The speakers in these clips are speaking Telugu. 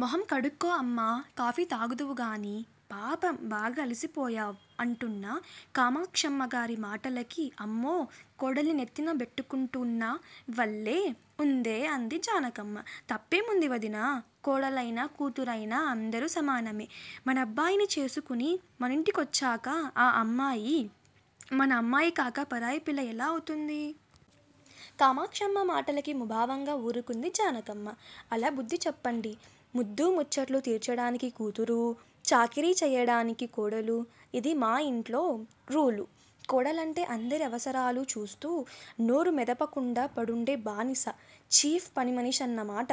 మొహం కడుక్కో అమ్మా కాఫీ తాగుదువుగానీ, పాపం! బాగా అలసిపోయావ్ అంటూన్న కామాక్షమ్మగారి మాటలకి అమ్మో కోడల్ని నెత్తిన బెట్టుకున్నట్టున్నావల్లే వుందే అంది జానకమ్మ. తప్పేముంది వదినా! కోడలైనా కూతురైనా అందరూ సమానమే. మనబ్బాయిని చేసుకుని మనింటికొచ్చాక ఆ అమ్మాయి మన అమ్మాయికాక పరాయిపిల్ల ఎలా అవుతుంది? కామాక్షమ్మ మాటలకి ముభావంగా ఊరుకుంది జానకమ్మ. అలా బుద్ది చెప్పండి. ముద్దూముచ్చట్లు తీర్చాడానికి కూతురూ, చాకిరీ చెయ్యడానికి కోడలూ. ఇదీ మా ఇంట్లో రూలు. కోడలంటే అందరి అవసరాలూ చూస్తూ, నోరు మొదపకుండా పడుండే బానిస. 'చీఫ్' పనిమనిషన్నమాట.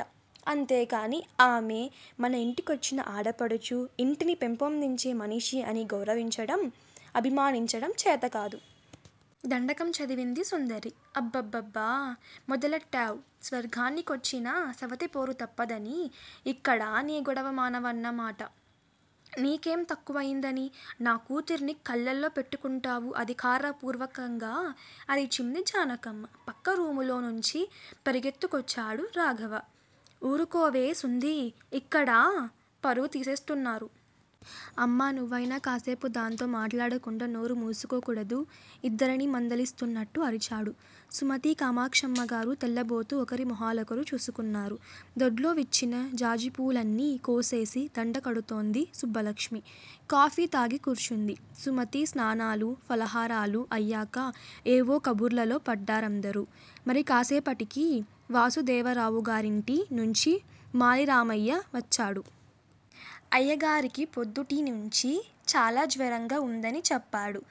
అంతేకానీ, ఆమె మన ఇంటికొచ్చిన ఆడపడుచు, ఇంటిని పెంపొందించే మనిషి అని గౌరవించడం, అభిమానించడం చేతకాదు. దండకం చదివింది సుందరి. అ బ్బ బ్బ బ్బ మొదలెట్టావ్? స్వర్గాని కొచ్చినా సవతిపోరు తప్పదనీ, ఇక్కడా నీ గొడవ మానవన్న మాట. నీకేం తక్కువయిందని, నా కూతుర్ని కళ్ళల్లో పెట్టుకుంటావు అధికారపూర్వకంగా అరిచింది జానకమ్మ. పక్క రూములోనుంచి పరుగెత్తుకొచ్చాడు రాఘవ. ఊరుకోవే సుందీ ఇక్కడా పరువు తీసేస్తున్నారు. అమ్మా నువ్వైనా కాస్సేపు దాంతో మాట్లాడకుండా నోరు మూసుకోకూడదూ? ఇద్దరినీ మందలిస్తూన్నట్టు అరిచాడు. సుమతీ, కామాక్షమ్మగారు తెల్లబోతూ ఒకరిమొహ లోకరు చూసుకున్నారు. దొడ్లో విచ్చిన జాజిపూలన్నీ కోసేసి దండకడుతోంది సుబ్బలక్ష్మి, కాఫీ తాగి కూర్చుంది. సుమతి. స్నానాలూ, ఫలహారాలు అయ్యాక ఏవో కబుర్లలో పడ్డారందరూ. మరికాస్సేపటికి వాసుదేవరావుగారింటి నుంచి మాలిరామయ్య వచ్చాడు. అయ్యాగారికి పొద్దుటినుంచీ చాలా జ్వరంగా వుంద ని చెప్పాడు.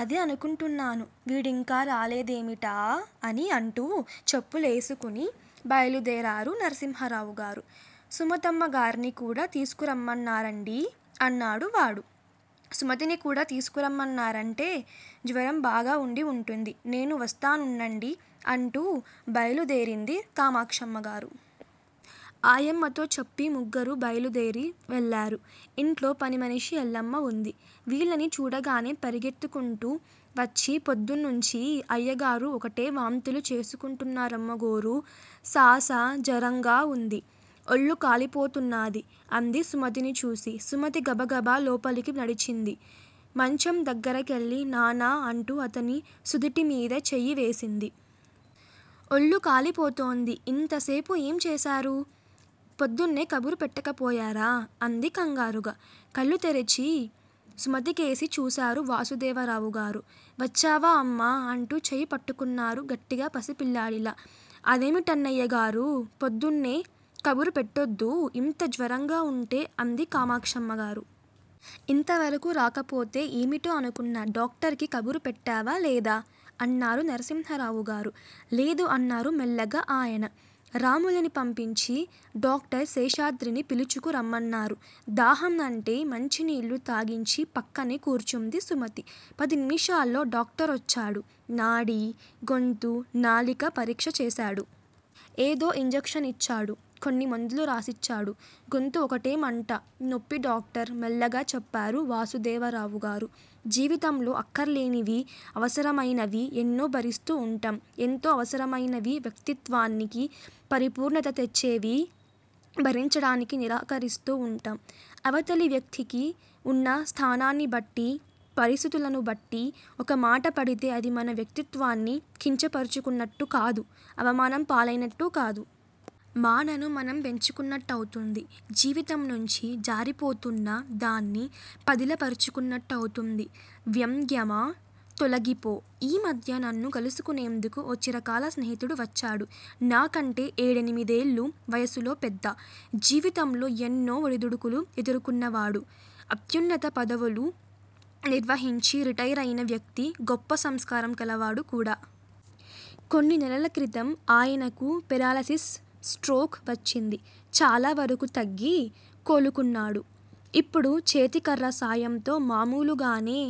అదే అనుకుంటున్నాను, వీడింకా రాలేదేమిటా అని అంటూ చెప్పు లేసుకుని బయలుదేరారు నరసింహరావుగారు. సుమతమ్మగార్ని కూడా తీసుకురమ్మన్నారండీ అన్నాడువాడు. సుమతినికూడా తీసుకురమ్మన్నారంటే, జ్వరం బాగా వుండి వుంటుంది. నేనూ వస్తా నుండండి అంటూ బయలుదేరింది కామాక్షమ్మగారు. ఆయమ్మతో చెప్పి ముగ్గురూ బయలుదేరి వెళ్ళారు. ఇంట్లో పనిమనిషి ఎల్లమ్మ వుంది. వీళ్ళని చూడగానే పరుగెత్తుకుంటూ వచ్చి పొద్దునుంచీ అయ్యాగారు ఒకటే వాంతులు చేసుకుంటున్నారమ్మగోరూ శాస జరంగా వుంది. ఒల్లు కాలిపోతన్నాది అంది సుమతిని చూసి. సుమతి గబగబా లోపలికి నడిచింది. మంచం దగ్గరికెళ్ళి నాన్నా అంటూ అతని సుదుటిమీద చెయ్యి వేసింది. ఒళ్ళు కాలిపోతోంది. ఇంతసేపు ఏం చేశారూ? పొద్దున్నే కబురు పెట్టకపోయారా? అంది కంగారుగా. కళ్ళు తెరచి సుమతికేసి చూశారు వాసుదేవరావుగారు. వచ్చావా అమ్మా అంటూ చెయ్యి పట్టుకున్నారు గట్టిగా పసి పిల్లాడిలా. అదేమి టన్నయ్యగారూ, పొద్దున్నే కబురు పెట్టోద్దూ, ఇంత జ్వరంగా వుంటే అంది కామాక్షమ్మగారు. ఇంతవరకూ రాకపోతే ఏమిటో అనుకున్నా. డాక్టర్ కి కబురుపెట్టావా లేదా? అన్నారు నరసింహరావుగారు. లేదు అన్నారు మెల్లగా ఆయన. రాములుని పంపించి డాక్టర్ శేషాద్రిని పిలుచుకు రమ్మన్నారు. దాహం అంటే మంచినీళ్ళు తాగించి పక్కనే కూర్చుంది సుమతి. పది నిమిషాల్లో డాక్టరోచ్చాడు. నాడీ, గొంతు, నాలిక పరీక్ష చేశాడు. ఏదో ఇంజక్ష నిచ్చాడు. కొన్ని మందులు రాసిచ్చాడు. గొంతు ఒకటే మంట, నొప్పి డాక్టర్ మెల్లగా చెప్పారు వాసుదేవరావుగారు. జీవితంలో అక్కర్లేనివీ, అనవసరమైనవీ ఎన్నో భరిస్తూ వుంటాం ఎంతో అవసరమైనవీ, వ్యక్తిత్వానికి పరిపూర్ణత తెచ్చేవీ భరించడానికి నిరాకరిస్తూ వుంటాం. అవతలి వ్యక్తికి వున్న స్థానాన్నిబట్టీ, పరిస్థితులను బట్టీ ఒకమాట పడితే, అది మన వ్యక్తిత్వాన్ని కించపరచుకున్నట్టు కాదు, అవమానం పాలైనట్టుకాదు. మానను మనం పెంచుకున్నట్టవుతుంది. జీవితంనుంచి జారిపోతూన్న దాన్ని పదిలపరచుకున్నట్టవుతుంది. వ్యంగ్యమా! తొలగిపో! ఈ మధ్య నన్ను కలుసుకునేందుకు ఓ చిరకాల స్నేహితుడు వచ్చాడు. నాకంటే ఏడెమినిదేళ్ళు వయసులో పెద్ద. జీవితంలో ఎన్నో ఒడిదుడికులు ఎదుర్కున్నవాడు. అత్యున్నత పదవులు నిర్వహించి, రిటైరైన వ్యక్తి గొప్ప సంస్కారం కలవాడు కూడా. కొన్ని నెలలక్రితం ఆయనకు పెరాలిసిస్ స్ట్రోక్ వచ్చింది. చాలావరకూ తగ్గి, కోలుకున్నాడు. ఇప్పుడు చేతికర్ర సాయంతో మామూలుగానే